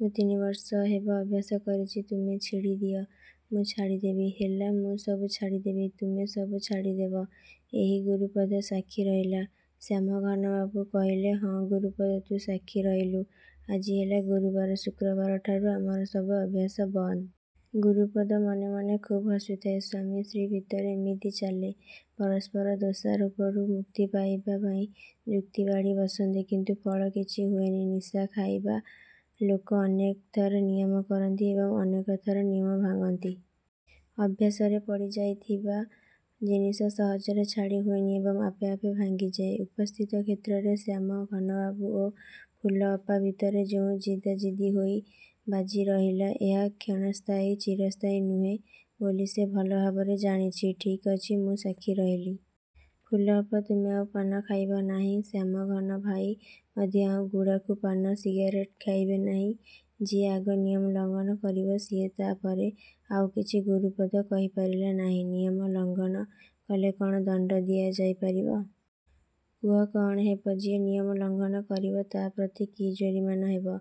ମୁଁ ତିନି ବର୍ଷ ହେବ ଅଭ୍ୟାସ କରିଛି। ତୁମେ ଛିଡ଼ିଦିଅ, ମୁଁ ଛାଡ଼ିଦେବି। ହେଲା ମୁଁ ସବୁ ଛାଡ଼ିଦେବି। ତୁମେ ସବୁ ଛାଡ଼ିଦେବ? ଏହି ଗୁରୁପଦ ସାକ୍ଷୀ ରହିଲା, ଶ୍ୟାମଘନବାବୁ କହିଲେ। ହଁ ଗୁରୁପଦ ତୁ ସାକ୍ଷୀ ରହିଲୁ। ଆଜି ହେଲା ଗୁରୁବାର, ଶୁକ୍ରବାରଠାରୁ ଆମର ସବୁ ଅଭ୍ୟାସ ବନ୍ଦ। ଗୁରୁପଦ ମନେ ମନେ ଖୁବ୍ ହସୁଥାଏ। ସ୍ୱାମୀ ସ୍ତ୍ରୀ ଭିତରେ ଏମିତି ଚାଲେ। ପରସ୍ପର ଦୋଷାରୋପରୁ ମୁକ୍ତି ପାଇବା ପାଇଁ ଯୁକ୍ତି ବାଢ଼ି ବସନ୍ତି। କିନ୍ତୁ ଫଳ କିଛି ହୁଏନି। ନିଶା ଖାଇବା ଲୋକ ଅନେକ ଥର ନିୟମ କରନ୍ତି ଏବଂ ଅନେକ ଥର ନିୟମ ଭାଙ୍ଗନ୍ତି। ଅଭ୍ୟାସରେ ପଡ଼ିଯାଇଥିବା ଜିନିଷ ସହଜରେ ଛାଡ଼ି ହୁଏନି ଏବଂ ଆପେ ଆପେ ଭାଙ୍ଗିଯାଏ। ଉପସ୍ଥିତ କ୍ଷେତ୍ରରେ ଶ୍ୟାମଘନବାବୁ ଓ ଫୁଲଅପା ଭିତରେ ଯେଉଁ ଜିଦା ଜିଦି ହୋଇ ବାଜି ରହିଲା, ଏହା କ୍ଷଣସ୍ଥାୟୀ, ଚିରସ୍ଥାୟୀ ନୁହେଁ ବୋଲି ସେ ଭଲ ଭାବରେ ଜାଣିଛି। ଠିକ୍ ଅଛି ମୁଁ ସାକ୍ଷୀ ରହିଲି। ଫୁଲଅପା ତୁମେ ଆଉ ପାନ ଖାଇବ ନାହିଁ। ଶ୍ୟାମଘନ ଭାଇ ମଧ୍ୟ ଆଉ ଗୁଡ଼ାଖୁ, ପାନ, ସିଗାରେଟ ଖାଇବେ ନାହିଁ। ଯିଏ ଆଗ ନିୟମ ଲଙ୍ଗନ କରିବ ସିଏ ତା' ପରେ ଆଉ କିଛି ଗୁରୁପଦ କହିପାରିଲା ନାହିଁ। ନିୟମ ଲଙ୍ଘନ କଲେ କ'ଣ ଦଣ୍ଡ ଦିଆ ଯାଇ ପାରିବ। କୁହ କ'ଣ ହେବ? ଯିଏ ନିୟମ ଲଙ୍ଘନ କରିବ ତା' ପ୍ରତି କି ଜୋରିମାନା ହେବ?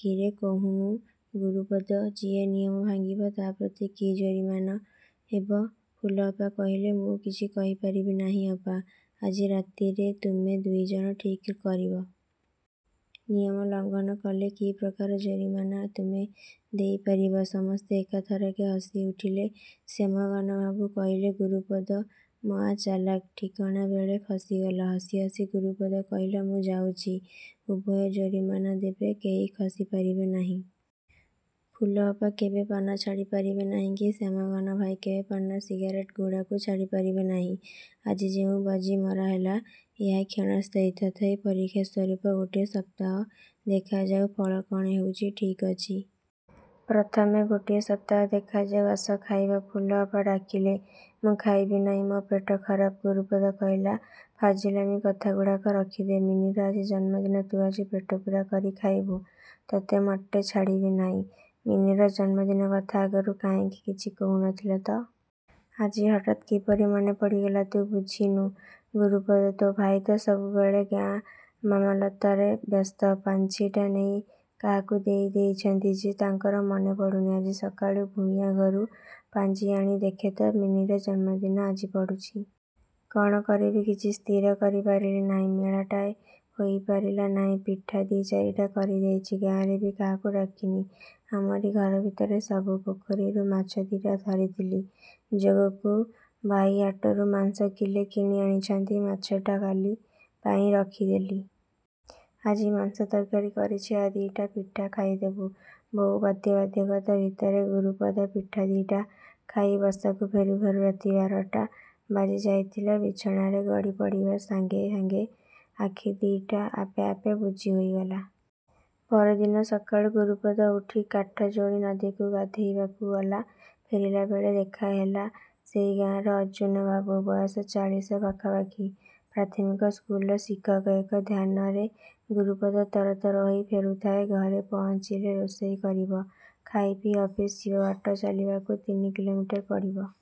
କିରେ କହୁନୁ ଗୁରୁପଦ। ଯିଏ ନିୟମ ଭାଙ୍ଗିବ ତା' ପ୍ରତି କି ଜୋରିମାନା ହେବ? ଫୁଲଅପା କହିଲେ। ମୁଁ କିଛି କହିପାରିବି ନାହିଁ ଅପା। ଆଜି ରାତିରେ ତୁମେ ଦୁଇଜଣ ଠିକ୍ କରିବ। ନିୟମ ଲଙ୍ଘନ କଲେ କି ପ୍ରକାର ଜୋରିମାନା ତୁମେ ଦେଇ ପାରିବ। ସମସ୍ତେ ଏକା ଥରକେ ହସି ଉଠିଲେ। ଶ୍ୟାମଘନବାବୁ କହିଲେ ଗୁରୁପଦ ମହା ଚାଲାଖ। ଠିକଣା ବେଳେ ଖସିଗଲା। ହସି ହସି ଗୁରୁପଦ କହିଲା ମୁଁ ଯାଉଛି। ଉଭୟ ଜୋରିମାନା ଦେବେ କେହି ଖସି ପାରିବେ ନାହିଁ। ଫୁଲଅପା କେବେ ପାନ ଛାଡ଼ି ପାରିବେ ନାହିଁ, କି ଶ୍ୟାମଘନ ଭାଇ କେବେ ପାନ, ସିଗାରେଟ୍ ଗୁଡ଼ାଖୁ ଛାଡ଼ି ପାରିବେ ନାହିଁ। ଆଜି ଯେଉଁ ବାଜି ମରା ହେଲା ଏହା କ୍ଷଣସ୍ଥାୟୀ। ତଥାପି ପରୀକ୍ଷା ସ୍ୱରୂପ ଗୋଟିଏ ସପ୍ତାହ ଦେଖାଯାଉ ଫଳ କ'ଣ ହେଉଛି। ଠିକ୍ ଅଛି। ପ୍ରଥମେ ଗୋଟିଏ ସପ୍ତାହ ଦେଖାଯାଉ, ଆସ ଖାଇବ, ଫୁଲଅପା ଡାକିଲେ। ମୁଁ ଖାଇବି ନାହିଁ। ମୋ ପେଟ୍ ଖରାପ, ଗୁରୁପଦ କହିଲା। ଫାଜିଲାମି କଥାଗୁଡ଼ାକ ରଖିଦେ। ମିନିର ଆଜି ଜନ୍ମଦିନ ତୁ ଆଜି ପେଟ ପୂରା କରି ଖାଇବୁ। ତୋତେ ମୋଟେ ଛାଡ଼ିବି ନାହିଁ। ମିନିର ଜନ୍ମଦିନ କଥା ଆଗରୁ କାହିଁକି କିଛି କହୁ ନ ଥିଲ ତ? ଆଜି ହଠାତ୍ କିପରି ମନେ ପଡ଼ିଗଲା। ତୁ ବୁଝିନୁ ଗୁରୁପଦ! ତୋ ଭାଇ ତ ସବୁବେଳେ ଗାଁ ମାମଲତରେ ବ୍ୟସ୍ତ। ପାଞ୍ଜିଟା ନେଇ କାହାକୁ ଦେଇ ଦେଇଛନ୍ତି ଯେ, ତାଙ୍କର ମନେ ପଡ଼ୁନି। ଆଜି ସକାଳୁ ଭୂୟାଁ ଘରୁ ପାଞ୍ଜି ଆଣି ଦେଖେ ତ ମିନିର ଜନ୍ମଦିନ ଆଜି ପଡ଼ୁଛି। କ'ଣ କରିବି କିଛି ସ୍ଥିର କରିପାରିଲି ନାହିଁ। ମେଳାଟାଏ ହୋଇପାରିଲା ନାହିଁ। ପିଠା ଦି'ଚାରିଟା କରି ଦେଇଛି। ଗାଁରେ ବି କାହାକୁ ଡାକିନି। ଆମରି ଘର ଭିତରେ ସବୁ। ପୋଖରୀରୁ ମାଛ ଦି'ଟା ଧରିଥିଲି। ଯୋଗକୁ ଭାଇ ହାଟରୁ ମାଂସ କିଲେ କିଣି ଆଣିଛନ୍ତି। ମାଛଟା କାଲି ପାଇଁ ରଖିଦେଲି। ଆଜି ମାଂସ ତରକାରୀ କରିଛି। ଆ ଦି'ଟା ପିଠା ଖାଇଦେବୁ। ବହୁ ବାଧ୍ୟ ବାଧ୍ୟକତା ଭିତରେ ଗୁରୁପଦ ପିଠା ଦି'ଟା ଖାଇ ବସାକୁ ଫେରୁ ଫେରୁ ରାତି ବାରଟା ବାଜି ଯାଇଥିଲା। ବିଛଣାରେ ଗଡ଼ି ପଡ଼ିବା ସାଙ୍ଗେ ସାଙ୍ଗେ ଆଖି ଦି'ଟା ଆପେ ଆପେ ବୁଜି ହୋଇଗଲା। ପରଦିନ ସକାଳୁ ଗୁରୁପଦ ଉଠି କାଠଯୋଡ଼ି ନଦୀକୁ ଗାଧୋଇବାକୁ ଗଲା। ଫେରିଲାବେଳେ ଦେଖାହେଲା ସେହି ଗାଁର ଅର୍ଜ୍ଜୁନବାବୁ। ବୟସ ଚାଳିଶ ପାଖାପାଖି। ପ୍ରାଥମିକ ସ୍କୁଲର ଶିକ୍ଷକ। ଏକ ଧ୍ୟାନରେ ଗୁରୁପଦ ତର ତର ହୋଇ ଫେରୁଥାଏ। ଘରେ ପହଞ୍ଚିଲେ ରୋଷେଇ କରିବ। ଖାଇ ପିଇ ଅଫିସ ଯିବ। ବାଟ ଚାଲିବାକୁ ତିନି କିଲୋମିଟର ପଡ଼ିବ।